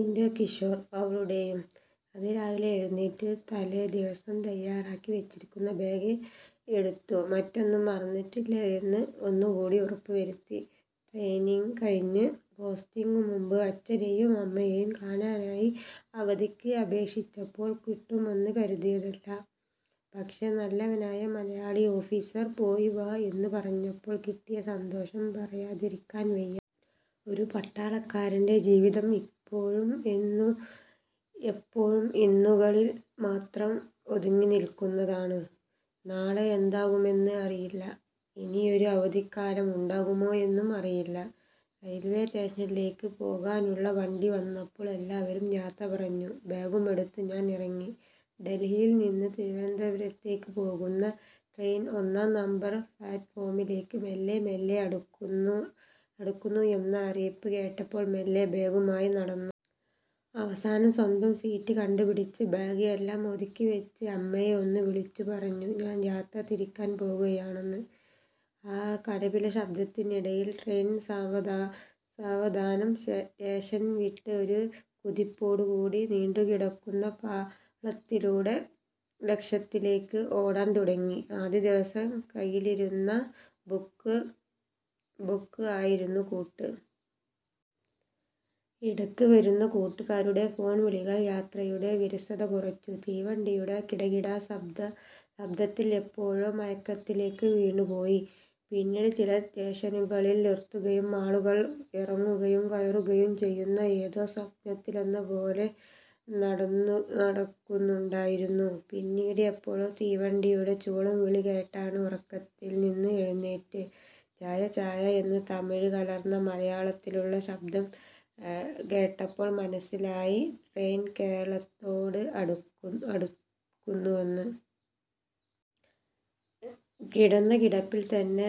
എന്റെ കിഷോർ അവളുടെയും അതിരാവിലെ എഴുന്നേറ്റ് തലേദിവസം തയാറാക്കി വച്ചിരിക്കുന്ന ബാഗ് എടുത്ത് മറ്റൊന്നും മറന്നിട്ടില്ലായെന്ന് ഒന്നുകൂടി ഉറപ്പുവരുത്തി. ട്രെയ്നിങ് കഴിഞ്ഞ് പോസ്റ്റിങ്ങിനു മുമ്പ് അച്ഛനെയും അമ്മയെയും കാണാനായി അവധിക്ക് അപേക്ഷിച്ചപ്പോൾ കിട്ടുമെന്ന് കരുതിയതല്ല. പക്ഷേ നല്ലവനായ മലയാളി ഓഫിസർ പോയി വാ എന്നുപറഞ്ഞപ്പോൾ കിട്ടിയ സന്തോഷം പറഞ്ഞറിയിക്കാൻ വയ്യാ. ഒരു പട്ടാളക്കാരന്റെ ജീവിതം എപ്പോഴും ഇന്നുകളിൽ മാത്രം ഒതുങ്ങിനിൽക്കുന്നതാണ് നാളെ എന്താകുമെന്ന് അറിയില്ല. ഇനിയൊരു അവധിക്കാലം ഉണ്ടാകുമോയെന്നും അറിയില്ല. റെയിൽവേ സ്റ്റേഷനിലേക്ക് പോകാനുള്ള വണ്ടി വന്നപ്പോൾ എല്ലാവരോടും യാത്ര പറഞ്ഞ് ബാഗുമെടുത്ത് ഞാൻ ഇറങ്ങി. ഡൽഹിയിൽ നിന്ന് തിരുവന്തപുരത്തേക്ക് പോകുന്ന ട്രെയിൻ ഒന്നാം നമ്പർ പ്ലാറ്റ്ഫോമിലേക്ക് മെല്ലെ മെല്ലെ അടുക്കുന്നു എന്ന അറിയിപ്പ് കേട്ടപ്പോൾ മെല്ലെ ബാഗുമെടുത്ത് നടന്നു. അവസാനം സ്വന്തം സീറ്റ് കണ്ടുപിടിച്ച് ബാഗ് എല്ലാം ഒതുക്കിവച്ച് അമ്മയെ ഒന്ന് വിളിച്ചു പറഞ്ഞു ഞാൻ യാത്ര തിരിക്കാൻ പോകുകയാണെന്ന്. ആ കലപില ശബ്ദത്തിനിടയിൽ ട്രെയിൻ സാവധാനം സ്റ്റേഷൻ വിട്ട് ഒരു കുതിപ്പോടുകൂടി നീണ്ടുകിടക്കുന്ന പാളത്തിലൂടെ ലക്ഷ്യത്തിലേക്ക് ഓടാൻതുടങ്ങി. ആദ്യദിവസം കൈയിലിരുന്ന ബുക്ക് ആയിരുന്നു കൂട്ട്. ഇടക്കിടക്ക് വരുന്ന കൂട്ടുകാരുടെ ഫോൺ വിളികൾ യാത്രയുടെ വിരസത കുറച്ചു. തീവണ്ടിയുടെ കിടകിട ശബ്ദത്തിൽ എപ്പോഴോ മയക്കത്തിലേക്ക് വീണുപോയി. പിന്നീട് ചില സ്റ്റേഷനുകളിൽ നിർത്തുകയും ആളുകൾ ഇറങ്ങുകയും കയറുകയും ചെയ്യുന്നത് ഏതോ സ്വപ്നത്തിലെന്നപോലെ നടക്കുന്നുണ്ടായിരുന്നു. പിന്നീട് എപ്പോഴോ തീവണ്ടിയുടെ ചൂളംവിളി കേട്ടാണ് ഉറക്കത്തിൽനിന്ന് എഴുന്നേറ്റത്. ചായ ചായേ എന്ന് തമിഴ് കലർന്ന മലയാളത്തിലുള്ള ശബ്ദം കേട്ടപ്പോൾ മനസിലായി ട്രെയിൻ കേരളത്തോട് അടുക്കു അടുക്കുന്നുവെന്ന്. കിടന്ന കിടപ്പിൽ തന്നെ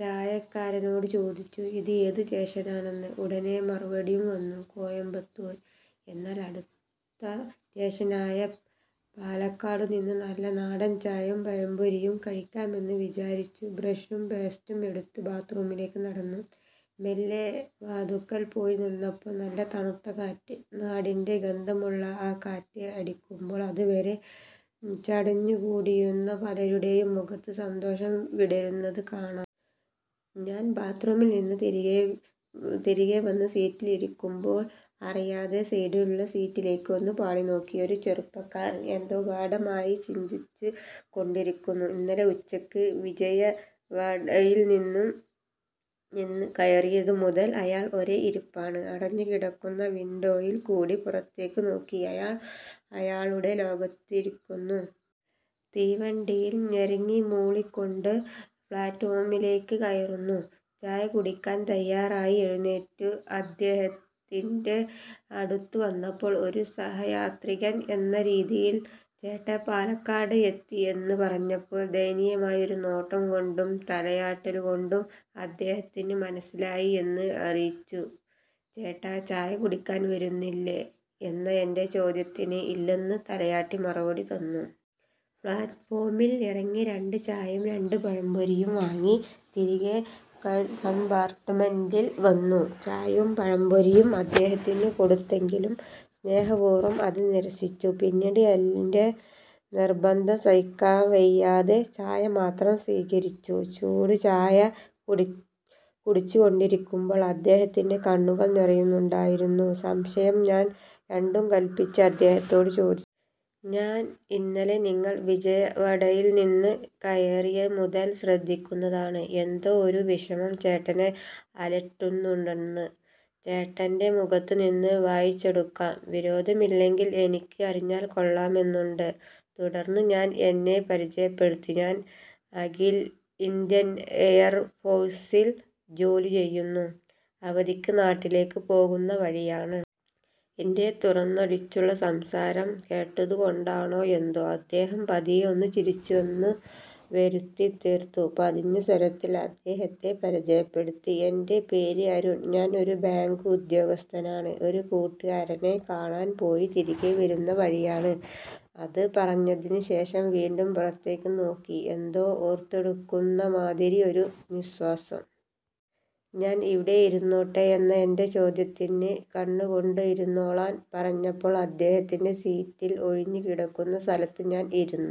ചായക്കാരനോട് ചോദിച്ചു ഇത് ഏതു സ്റ്റേഷനാണെന്ന്, ഉടനെ മറുപടിയും വന്നു കോയമ്പത്തൂർ. എന്നാൽ അടുത്ത സ്റ്റേഷനായ പാലക്കാടുനിന്ന് നല്ല നാടൻ ചായയും പഴംപൊരിയും കഴിക്കാമെന്ന് വിചാരിച്ച് ബ്രെഷും പേസ്റ്റും എടുത്ത് ബാത്റൂമിലേക്ക് നടന്നു. മെല്ലെ വാതുക്കൽ പോയി നിന്നപ്പോൾ നല്ല തണുത്ത കാറ്റ്, നാടിന്റെ ഗന്ധമുള്ള ആ കാറ്റ് അടിക്കുമ്പോൾ അതുവരെ ചടഞ്ഞുകൂടിയിരുന്ന പലരുടെയും മുഖത്ത് സന്തോഷം വിടരുന്നത്ത് കാണാം. ഞാൻ ബാത്റൂമിൽ നിന്ന് തിരികെ വന്ന് സീറ്റിൽ ഇരിക്കുമ്പോൾ അറിയാതെ സൈഡിലുള്ള സീറ്റിലേക്ക് ഒന്ന് പാളിനോക്കി. ഒരു ചെറുപ്പക്കാരൻ എന്തോ ഗാഢമായി ചിന്തിച്ചുകൊണ്ടിരിക്കുന്നു. ഇന്നലെ ഉച്ചക്ക് വിജയവാഡയിൽ നിന്ന് കയറിയതുമുതൽ അയാൾ ഒരേ ഇരിപ്പാണ്. അടഞ്ഞുകിടക്കുന്ന വിൻഡോയിൽ കൂടി പുറത്തേക്ക് നോക്കി അയാൾ അയാളുടെ ലോകത്തിരിക്കുന്നു. തീവണ്ടി ഞരങ്ങിമൂളികൊണ്ട് പ്ലാറ്റ്ഫോമിലേക്ക് കയറുന്നു. ചായകുടിക്കാൻ തയ്യാറായി എഴുന്നേറ്റ് അദ്ദേഹത്തിന്റെ അടുത്ത് വന്നപ്പോൾ ഒരു സഹയാത്രികൻ എന്ന രീതിയിൽ ചേട്ടാ പാലക്കാട് എത്തി എന്നു പറഞ്ഞപ്പോൾ ദയനീയമായ ഒരു നോട്ടംകൊണ്ടും തലയാട്ടാലുകൊണ്ടും അദ്ദേഹത്തിന് മനസിലായി എന്ന് അറിയിച്ചു ചേട്ടാ ചായ കുടിക്കാൻ വരുന്നില്ലേ എന്ന എന്റെ ചോദ്യത്തിന്, ഇല്ലെന്ന് തലയാട്ടി മറുപടി തന്നു. പ്ലാറ്റ്ഫോമിൽ ഇറങ്ങി രണ്ട് ചായയും രണ്ട് പഴംപൊരിയും വാങ്ങി തിരികെ കംപാർട്മെന്റിൽ വന്നു. ചായയും പഴംപൊരിയും അദ്ദേഹത്തിന് കൊടുത്തെങ്കിലും സ്നേഹപൂർവം അത് നിരസിച്ചു. പിന്നീട് എന്റെ നിർബന്ധം സഹിക്കവയ്യാതെ ചായ മാത്രം സീകരിച്ചു. ചൂടുചായ കുടിച്ചുകൊണ്ടിരിക്കുമ്പോൾ അദ്ദേഹത്തിന്റെ കണ്ണുകൾ നിറയുന്നുണ്ടോയെന്നൊരു സംശയം. ഞാൻ രണ്ടും കല്പിച്ച് അദ്ദേഹത്തോട് ചോദിച്ചു. ഞാൻ ഇന്നലെ നിങ്ങൾ വിജയവാഡയിൽ നിന്ന് കയറിയതുമുതൽ ശ്രദ്ധിക്കുന്നതാണ്, എന്തോ ഒരു വിഷമം ചേട്ടനെ അലട്ടുന്നുണ്ടെന്ന് ചേട്ടന്റെ മുഖത്തുനിന്നും വായിച്ചെടുക്കാം. വിരോധമില്ലെങ്കിൽ എനിക്ക് അറിഞ്ഞാൽ കൊള്ളാമെന്നുണ്ട്. തുടർന്ന് ഞാൻ എന്നെ പരിചയപ്പെടുത്തി. ഞാൻ അഖിൽ ഇന്ത്യൻ എയർഫോഴ്സിൽ ജോലി ചെയ്യുന്നു, അവധിക്ക് നാട്ടിലേക്ക് പോകുന്ന വഴിയാണ്. എന്റെ തുറന്നടിച്ചുള്ള സംസാരം കേട്ടതുകൊണ്ടാണോ എന്തോ അദ്ദേഹം പതിയെ ഒന്ന് ചിരിച്ചുവെന്ന് വരുത്തിത്തീർത്ത് പതിഞ്ഞ സ്വരത്തിൽ അദ്ദേഹത്തെ പരിചയപ്പെടുത്തി, എന്റെ പേര് അരുൺ, ഒരു ബാങ്ക് ഉദ്യോഗസ്ഥനാണ്. ഒരു കൂട്ടുകാരനെ കാണാൻ പോയി തിരികെ വരുന്ന വഴിയാണ്. അത് പറഞ്ഞതിനുശേഷം വീണ്ടും പുറത്തേക്ക് നോക്കി എന്തോ ഓർത്തെടുക്കുന്നമാതിരി ഒരു നിശ്വാസം. ഞാൻ ഇവിടെ ഇരുന്നോട്ടെ എന്ന എന്റെ ചോദ്യത്തിന്ന് കണ്ണുകൊണ്ട് ഇരുന്നുകൊള്ളാൻ പറഞ്ഞപ്പോൾ അദ്ദേഹത്തിന്റെ സീറ്റിൽ ഒഴിഞ്ഞു കിടക്കുന്ന സ്ഥലത്ത് ഞാൻ ഇരുന്നു.